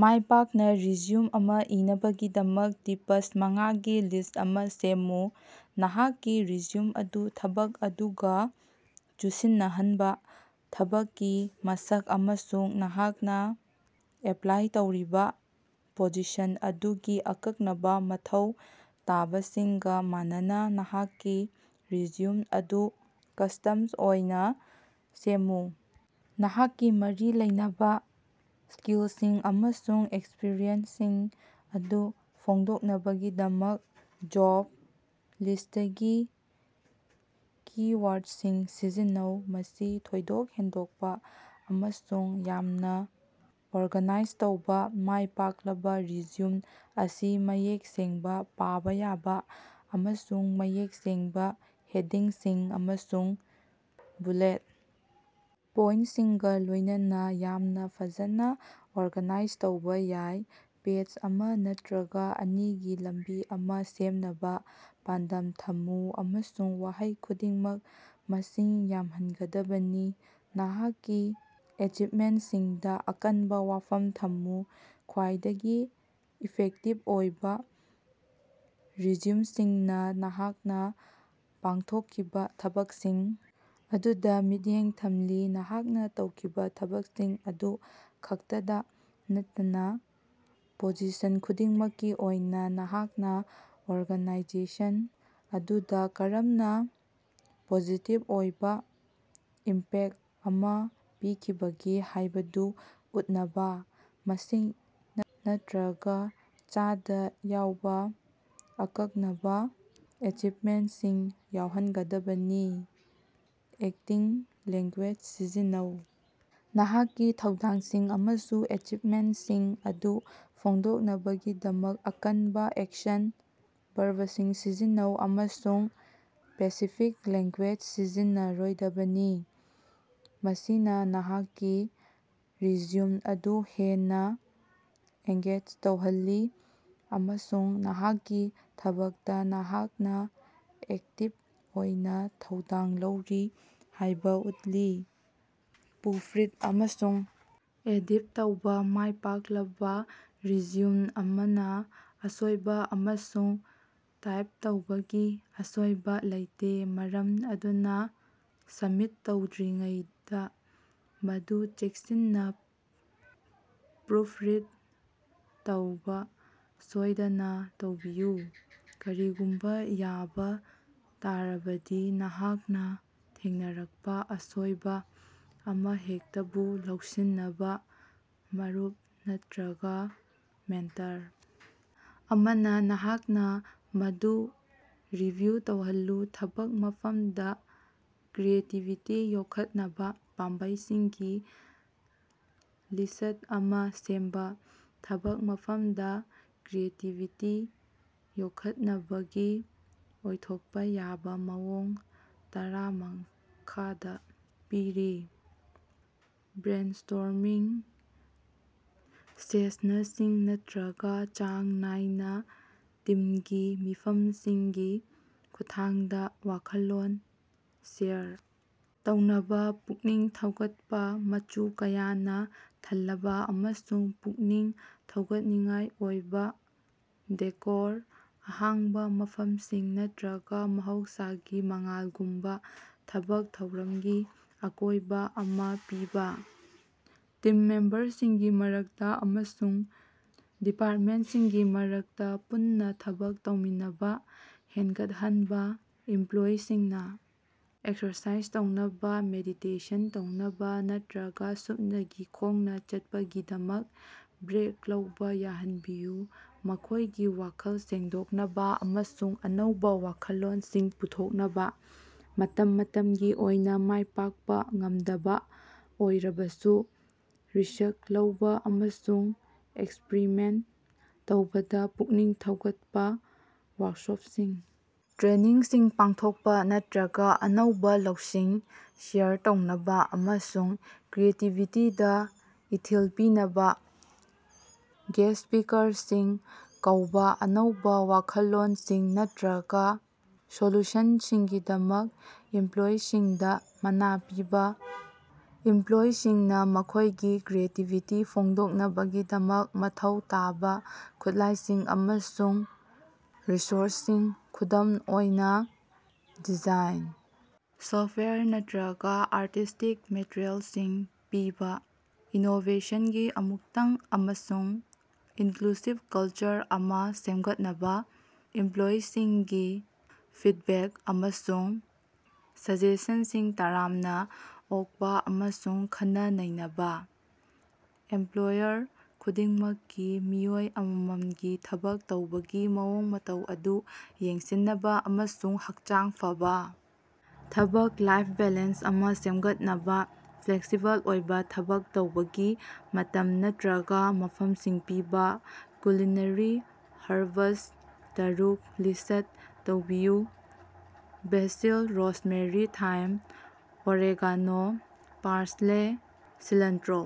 ꯃꯥꯏꯄꯥꯛꯅ résumé ꯑꯃ ꯏꯅꯕꯒꯤꯗꯃꯛ tips ꯃꯉꯥꯒꯤ list ꯑꯃ ꯁꯦꯝꯃꯨ꯫ ꯅꯍꯥꯛꯀꯤ ꯔꯤꯖ꯭ꯌꯨꯝ ꯑꯗꯨ ꯊꯕꯛ ꯑꯗꯨꯒꯥ ꯆꯨꯁꯤꯟꯅꯍꯟꯕꯥ: ꯊꯕꯛꯀꯤ ꯃꯁꯛ ꯑꯃꯁꯨꯡ ꯅꯍꯥꯛꯅꯥ ꯑꯦꯄꯂꯥꯏ ꯇꯧꯔꯤꯕꯥ ꯄꯣꯖꯤꯁꯟ ꯑꯗꯨꯒꯤ ꯑꯀꯛꯅꯕꯥ ꯃꯊꯧ ꯇꯥꯕꯁꯤꯡꯒꯥ ꯃꯥꯟꯅꯅꯥ ꯅꯍꯥꯛꯀꯤ ꯔꯤꯖ꯭ꯌꯨꯝ ꯑꯗꯨ ꯀꯁ꯭ꯇꯝ ꯑꯣꯏꯅꯥ ꯁꯦꯝꯃꯨ꯫ ꯅꯍꯥꯛꯀꯤ ꯃꯔꯤ ꯂꯩꯅꯕꯥ ꯁ꯭ꯀꯤꯜꯁꯤꯡ ꯑꯃꯁꯨꯡ ꯑꯦꯛꯁꯄꯤꯔꯤꯑꯦꯟꯁꯁꯤꯡ ꯑꯗꯨ ꯐꯣꯡꯗꯣꯛꯅꯕꯒꯤꯗꯃꯛ ꯖꯣꯕ ꯂꯤꯁ꯭ꯇꯇꯒꯤ ꯀꯤ-ꯋꯥꯔꯗꯁꯤꯡ ꯁꯤꯖꯤꯟꯅꯧ꯫ ꯃꯁꯤ ꯊꯣꯏꯗꯣꯛ ꯍꯦꯟꯗꯣꯛꯄꯥ ꯑꯃꯁꯨꯡ ꯌꯥꯝꯅꯥ ꯑꯣꯔꯒꯅꯥꯏꯖ ꯇꯧꯕ: ꯃꯥꯏ ꯄꯥꯛꯂꯕꯥ ꯔꯤꯖ꯭ꯌꯨꯝ ꯑꯁꯤ ꯃꯌꯦꯛ ꯁꯦꯡꯕꯥ, ꯄꯥꯕꯥ ꯌꯥꯕ ꯑꯃꯁꯨꯡ ꯃꯌꯦꯛ ꯁꯦꯡꯕꯥ ꯍꯦꯗꯤꯡꯁꯤꯡ ꯑꯃꯁꯨꯡ ꯕꯨꯂꯦꯠ ꯄꯣꯏꯟꯇꯁꯤꯡꯒꯥ ꯂꯣꯏꯅꯅ ꯌꯥꯝꯅꯥ ꯐꯖꯅꯥ ꯑꯣꯔꯒꯅꯥꯏꯖ ꯇꯧꯕꯥ ꯌꯥꯏ꯫ ꯄꯦꯖ ꯑꯃ ꯅꯠꯇꯔꯒꯥ ꯑꯅꯤꯒꯤ ꯂꯝꯕꯤ ꯑꯃ ꯁꯦꯝꯅꯕꯥ ꯄꯥꯟꯗꯝ ꯊꯝꯃꯨ, ꯑꯃꯁꯨꯡ ꯋꯥꯍꯩ ꯈꯨꯗꯤꯡꯃꯛ ꯃꯁꯤꯡ ꯌꯥꯝꯍꯟꯒꯗꯕꯅꯤ꯫ ꯅꯍꯥꯛꯀꯤ ꯑꯦꯆꯤꯕꯃꯦꯟꯇꯁꯤꯡꯗꯥ ꯑꯀꯟꯕꯥ ꯋꯥꯐꯝ ꯊꯝꯃꯨ: ꯈ꯭ꯋꯥꯏꯗꯒꯤ ꯏꯐꯦꯛꯇꯤꯕ ꯑꯣꯏꯕꯥ ꯔꯤꯖ꯭ꯌꯨꯝꯁꯤꯡꯅ ꯅꯍꯥꯛꯅ ꯄꯥꯡꯊꯣꯛꯈꯤꯕ ꯊꯕꯛꯁꯤꯡ ꯑꯗꯨꯗ ꯃꯤꯠꯌꯦꯡ ꯊꯝꯂꯤ- ꯅꯍꯥꯛꯅꯥ ꯇꯧꯈꯤꯕ ꯊꯕꯛꯁꯤꯡ ꯑꯗꯨ ꯈꯛꯇꯗꯥ ꯅꯠꯇꯅꯥ꯫ ꯄꯣꯖꯤꯁꯟ ꯈꯨꯗꯤꯡꯃꯛꯀꯤ ꯑꯣꯏꯅꯥ, ꯅꯍꯥꯛꯅꯥ ꯑꯣꯔꯒꯥꯅꯥꯏꯖꯦꯁꯟ ꯑꯗꯨꯗꯥ ꯀꯔꯝꯅꯥ ꯄꯣꯖꯤꯇꯤꯚ ꯑꯣꯏꯕꯥ ꯏꯝꯄꯦꯛꯇ ꯑꯃ ꯄꯤꯈꯤꯕꯒꯦ ꯍꯥꯏꯕꯗꯨ ꯎꯠꯅꯕꯥ, ꯃꯁꯤꯡ ꯅꯠ ꯅꯠꯇꯔꯒꯥ ꯆꯥꯗꯥ ꯌꯥꯎꯕꯥ ꯑꯀꯛꯅꯕꯥ ꯑꯦꯆꯤꯚꯃꯦꯟꯇꯁꯤꯡ ꯌꯥꯎꯍꯟꯒꯗꯕꯅꯤ꯫ ꯑꯦꯛꯇꯤꯡ ꯂꯦꯡꯒꯨꯌꯦꯖ ꯁꯤꯖꯤꯟꯅꯧ: ꯅꯍꯥꯛꯀꯤ ꯊꯧꯗꯥꯡꯁꯤꯡ ꯑꯃꯁꯨꯡ ꯑꯦꯆꯤꯕꯃꯦꯟꯇꯁꯤꯡ ꯑꯗꯨ ꯐꯣꯡꯗꯣꯛꯅꯕꯒꯤꯗꯃꯛ ꯑꯀꯟꯕꯥ ꯑꯦꯛꯁꯟ ꯕꯔꯕꯁꯤꯡ ꯁꯤꯖꯤꯟꯅꯧ, ꯑꯃꯁꯨꯡ ꯄꯦꯁꯤꯐꯤꯛ ꯂꯦꯡꯒꯨꯌꯦꯖ ꯁꯤꯖꯤꯟꯅꯔꯣꯏꯗꯕꯅꯤ꯫ ꯃꯁꯤꯅꯥ ꯅꯍꯥꯛꯀꯤ ꯔꯤꯖ꯭ꯌꯨꯝ ꯑꯗꯨ ꯍꯦꯟꯅꯥ ꯑꯦꯡꯒꯦꯖ ꯇꯧꯍꯜꯂꯤ ꯑꯃꯁꯨꯡ ꯅꯍꯥꯛꯀꯤ ꯊꯕꯛꯇꯥ ꯅꯍꯥꯛꯅꯥ ꯑꯦꯛꯇꯤꯕ ꯑꯣꯏꯅꯥ ꯊꯧꯗꯥꯡ ꯂꯧꯔꯤ ꯍꯥꯏꯕꯥ ꯎꯠꯂꯤ꯫ ꯄ꯭ꯔꯨꯐꯔꯤꯗ ꯑꯃꯁꯨꯡ ꯑꯦꯗꯤꯠ ꯇꯧꯕꯥ: ꯃꯥꯏꯄꯥꯛꯂꯕꯥ ꯔꯤꯖ꯭ꯌꯨꯝ ꯑꯃꯅꯥ ꯑꯁꯣꯏꯕ ꯑꯃꯁꯨꯡ ꯇꯥꯏꯞ ꯇꯧꯕꯒꯤ ꯑꯁꯣꯏꯕꯥ ꯂꯩꯇꯦ, ꯃꯔꯝ ꯑꯗꯨꯅꯥ ꯁꯕꯃꯤꯠ ꯇꯧꯗ꯭ꯔꯤꯉꯩꯗꯥ ꯃꯗꯨ ꯆꯦꯛꯁꯤꯟꯅꯥ ꯄ꯭ꯔꯨꯐ ꯔꯤꯗ ꯇꯧꯕꯥ ꯁꯣꯏꯗꯅꯥ ꯇꯧꯕꯤꯌꯨ꯫ ꯀꯔꯤꯒꯨꯝꯕꯥ ꯌꯥꯕꯥ ꯇꯥꯔꯕꯗꯤ, ꯅꯍꯥꯛꯅꯥ ꯊꯦꯡꯅꯔꯛꯄꯥ ꯑꯁꯣꯏꯕꯥ ꯑꯃꯍꯦꯛꯇꯕꯨ ꯂꯧꯁꯤꯟꯅꯕꯥ ꯃꯔꯨꯞ ꯅꯠꯇꯔꯒꯥ ꯃꯦꯟꯇꯔ ꯑꯃꯅꯥ ꯅꯍꯥꯛꯅꯥ ꯃꯗꯨ ꯔꯤꯚꯤꯌꯨ ꯇꯧꯍꯜꯂꯨ꯫ ꯊꯕꯛ ꯃꯐꯝꯗꯥ ꯀ꯭ꯔꯤꯌꯦꯇꯤꯕꯤꯇꯤ ꯌꯣꯛꯈꯠꯅꯕꯥ ꯄꯥꯝꯕꯩꯁꯤꯡꯒꯤ ꯂꯤꯁꯠ ꯑꯃ ꯁꯦꯝꯕꯥ꯫ ꯊꯕꯛ ꯃꯐꯝꯗꯥ ꯀ꯭ꯔꯤꯌꯦꯇꯤꯕꯤꯇꯤ ꯌꯣꯛꯈꯠꯅꯕꯒꯤ ꯑꯣꯏꯊꯣꯛꯄꯥ ꯌꯥꯕꯥ ꯃꯑꯣꯡ ꯇꯔꯥ ꯃꯈꯥꯗꯥ ꯄꯤꯔꯤ: ꯕ꯭ꯔꯦꯟꯁ꯭ꯇꯣꯔꯃꯤꯡ ꯁꯦꯁꯅꯁꯤꯡ ꯅꯠꯇꯔꯒꯥ ꯆꯥꯡ ꯅꯥꯏꯅꯥ ꯇꯤꯝꯒꯤ ꯃꯤꯐꯝꯁꯤꯡꯒꯤ ꯈꯨꯠꯊꯥꯡꯗꯥ ꯋꯥꯈꯜꯂꯣꯟ ꯁꯦꯌꯔ ꯇꯧꯅꯕꯥ ꯄꯨꯛꯅꯤꯡ ꯊꯧꯒꯠꯄꯥ꯫ ꯃꯆꯨ ꯀꯌꯥꯅꯥ ꯊꯜꯂꯕꯥ ꯑꯃꯁꯨꯡ ꯄꯨꯛꯅꯤꯡ ꯊꯧꯒꯠꯅꯤꯡꯉꯥꯏ ꯑꯣꯏꯕꯥ ꯗꯦꯀꯣꯔ, ꯑꯍꯥꯡꯕꯥ ꯃꯐꯝꯁꯤꯡ ꯅꯠꯇꯔꯒꯥ ꯃꯍꯧꯁꯥꯒꯤ ꯃꯉꯥꯜꯒꯨꯝꯕꯥ ꯊꯕꯛ ꯊꯧꯔꯝꯒꯤ ꯑꯀꯣꯏꯕꯥ ꯑꯃ ꯄꯤꯕꯥ꯫ ꯇꯤꯝ ꯃꯦꯝꯕꯔꯁꯤꯡꯒꯤ ꯃꯔꯛꯇꯥ ꯑꯃꯁꯨꯡ ꯗꯤꯄꯥꯔꯇꯃꯦꯟꯇꯁꯤꯡꯒꯤ ꯃꯔꯛꯇꯥ ꯄꯨꯟꯅꯥ ꯊꯕꯛ ꯇꯧꯃꯤꯟꯅꯕꯥ ꯍꯦꯟꯒꯠꯍꯟꯕ ꯫ ꯏꯝꯄꯂꯣꯌꯤꯁꯤꯡꯅꯥ ꯑꯦꯛꯁꯔꯁꯥꯏꯖ ꯇꯧꯅꯕꯥ, ꯃꯦꯗꯤꯇꯦꯁꯟ ꯇꯧꯅꯕꯥ ꯅꯠꯇꯔꯒꯥ ꯁꯨꯞꯅꯒꯤ ꯈꯣꯡꯅꯥ ꯆꯠꯄꯒꯤꯗꯃꯛ ꯕ꯭ꯔꯦꯛ ꯂꯧꯕꯥ ꯌꯥꯍꯟꯕꯤꯌꯨ, ꯃꯈꯣꯏꯒꯤ ꯋꯥꯈꯜ ꯁꯦꯡꯗꯣꯛꯅꯕꯥ ꯑꯃꯁꯨꯡ ꯑꯅꯧꯕꯥ ꯋꯥꯈꯜꯂꯣꯅꯁꯤꯡ ꯄꯨꯊꯣꯛꯅꯕꯥ꯫ ꯃꯇꯝ ꯃꯇꯝꯒꯤ ꯑꯣꯏꯅꯥ ꯃꯥꯏ ꯄꯥꯛꯄꯥ ꯉꯝꯗꯕꯥ ꯑꯣꯏꯔꯕꯁꯨ ꯔꯤꯁꯛ ꯂꯧꯕꯥ ꯑꯃꯁꯨꯡ ꯑꯦꯛꯁꯄꯔꯤꯃꯦꯟꯇ ꯇꯧꯕꯗꯥ ꯄꯨꯛꯅꯤꯡ ꯊꯧꯒꯠꯄꯥ꯫ ꯋꯥꯔꯀꯁꯣꯄꯁꯤꯡ, ꯇ꯭ꯔꯦꯅꯤꯡꯁꯤꯡ ꯄꯥꯡꯊꯣꯛꯄꯥ ꯅꯠꯇꯔꯒꯥ ꯑꯅꯧꯕꯥ ꯂꯧꯁꯤꯡ ꯁꯦꯌꯔ ꯇꯧꯅꯕꯥ ꯑꯃꯁꯨꯡ ꯀ꯭ꯔꯤꯌꯦꯇꯤꯕꯤꯇꯤꯗꯥ ꯏꯊꯤꯜ ꯄꯤꯅꯕꯥ ꯒꯦꯁꯠ ꯁ꯭ꯄꯤꯀꯔꯁꯤꯡ ꯀꯧꯕꯥ꯫ ꯑꯅꯧꯕꯥ ꯋꯥꯈꯜꯂꯣꯟꯁꯤꯡ ꯅꯠꯔꯒꯥ ꯁꯣꯂꯨꯁꯟꯁꯤꯡꯒꯤꯗꯃꯛ ꯏꯝꯄꯂꯣꯌꯤꯁꯤꯡꯗꯥ ꯃꯅꯥ ꯄꯤꯕꯥ꯫ ꯏꯝꯄꯂꯣꯌꯤꯁꯤꯡꯅꯥ ꯃꯈꯣꯏꯒꯤ ꯀ꯭ꯔꯤꯌꯦꯇꯤꯕꯤꯇꯤ ꯐꯣꯡꯗꯣꯛꯅꯕꯒꯤꯗꯃꯛ ꯃꯊꯧ ꯇꯥꯕꯥ ꯈꯨꯠꯂꯥꯏꯁꯤꯡ ꯑꯃꯁꯨꯡ ꯔꯤꯁꯣꯔꯁꯁꯤꯡ, ꯈꯨꯗꯝ ꯑꯣꯏꯅꯥ ꯗꯤꯖꯥꯏꯟ ꯁꯣꯐꯋꯦꯌꯔ ꯅꯠꯔꯒꯥ ꯑꯥꯔꯇꯤꯁꯇꯤꯛ ꯃꯦꯇꯔꯤꯑꯦꯜꯁꯤꯡ ꯄꯤꯕꯥ꯫ ꯏꯅꯣꯕꯦꯁꯟꯒꯤ ꯑꯃꯨꯛꯇꯪ ꯑꯃꯁꯨꯡ ꯏꯟꯀ꯭ꯂꯨꯁꯤꯕ ꯀꯜꯆꯔ ꯑꯃ ꯁꯦꯝꯒꯠꯅꯕꯥ, ꯏꯝꯄꯂꯣꯌꯤꯁꯤꯡꯒꯤ ꯐꯤꯗꯕꯦꯛ ꯑꯃꯁꯨꯡ ꯁꯖꯦꯁꯟꯁꯤꯡ ꯇꯔꯥꯝꯅꯥ ꯑꯣꯛꯄꯥ ꯑꯃꯁꯨꯡ ꯈꯟꯅ-ꯅꯩꯅꯕꯥ꯫ ꯑꯦꯝꯄꯂꯣꯌꯔ ꯈꯨꯗꯤꯡꯃꯛꯀꯤ ꯃꯤꯑꯣꯏ ꯑꯃꯃꯝꯒꯤ ꯊꯕꯛ ꯇꯧꯕꯒꯤ ꯃꯑꯣꯡ ꯃꯇꯧ ꯑꯗꯨ ꯌꯦꯡꯁꯤꯟꯅꯕꯥ ꯑꯃꯁꯨꯡ ꯍꯛꯆꯥꯡ ꯐꯕꯥ ꯊꯕꯛ-ꯂꯥꯏꯐ ꯕꯦꯂꯦꯟꯁ ꯑꯃ ꯁꯦꯝꯒꯠꯅꯕꯥ, ꯐ꯭ꯂꯦꯛꯁꯤꯕꯜ ꯑꯣꯏꯕꯥ ꯊꯕꯛ ꯇꯧꯕꯒꯤ ꯃꯇꯝ ꯅꯠꯇꯔꯒꯥ ꯃꯐꯃꯁꯤꯡ ꯄꯤꯕꯥ꯫ ꯀꯨꯂꯤꯅꯔꯤ ꯍꯔꯕꯁ ꯇꯔꯨꯛ ꯂꯤꯁꯠ ꯇꯧꯕꯤꯌꯨ꯫ Basil rosemary thyme oregano parsley ꯁꯤꯂꯟꯇꯔꯣ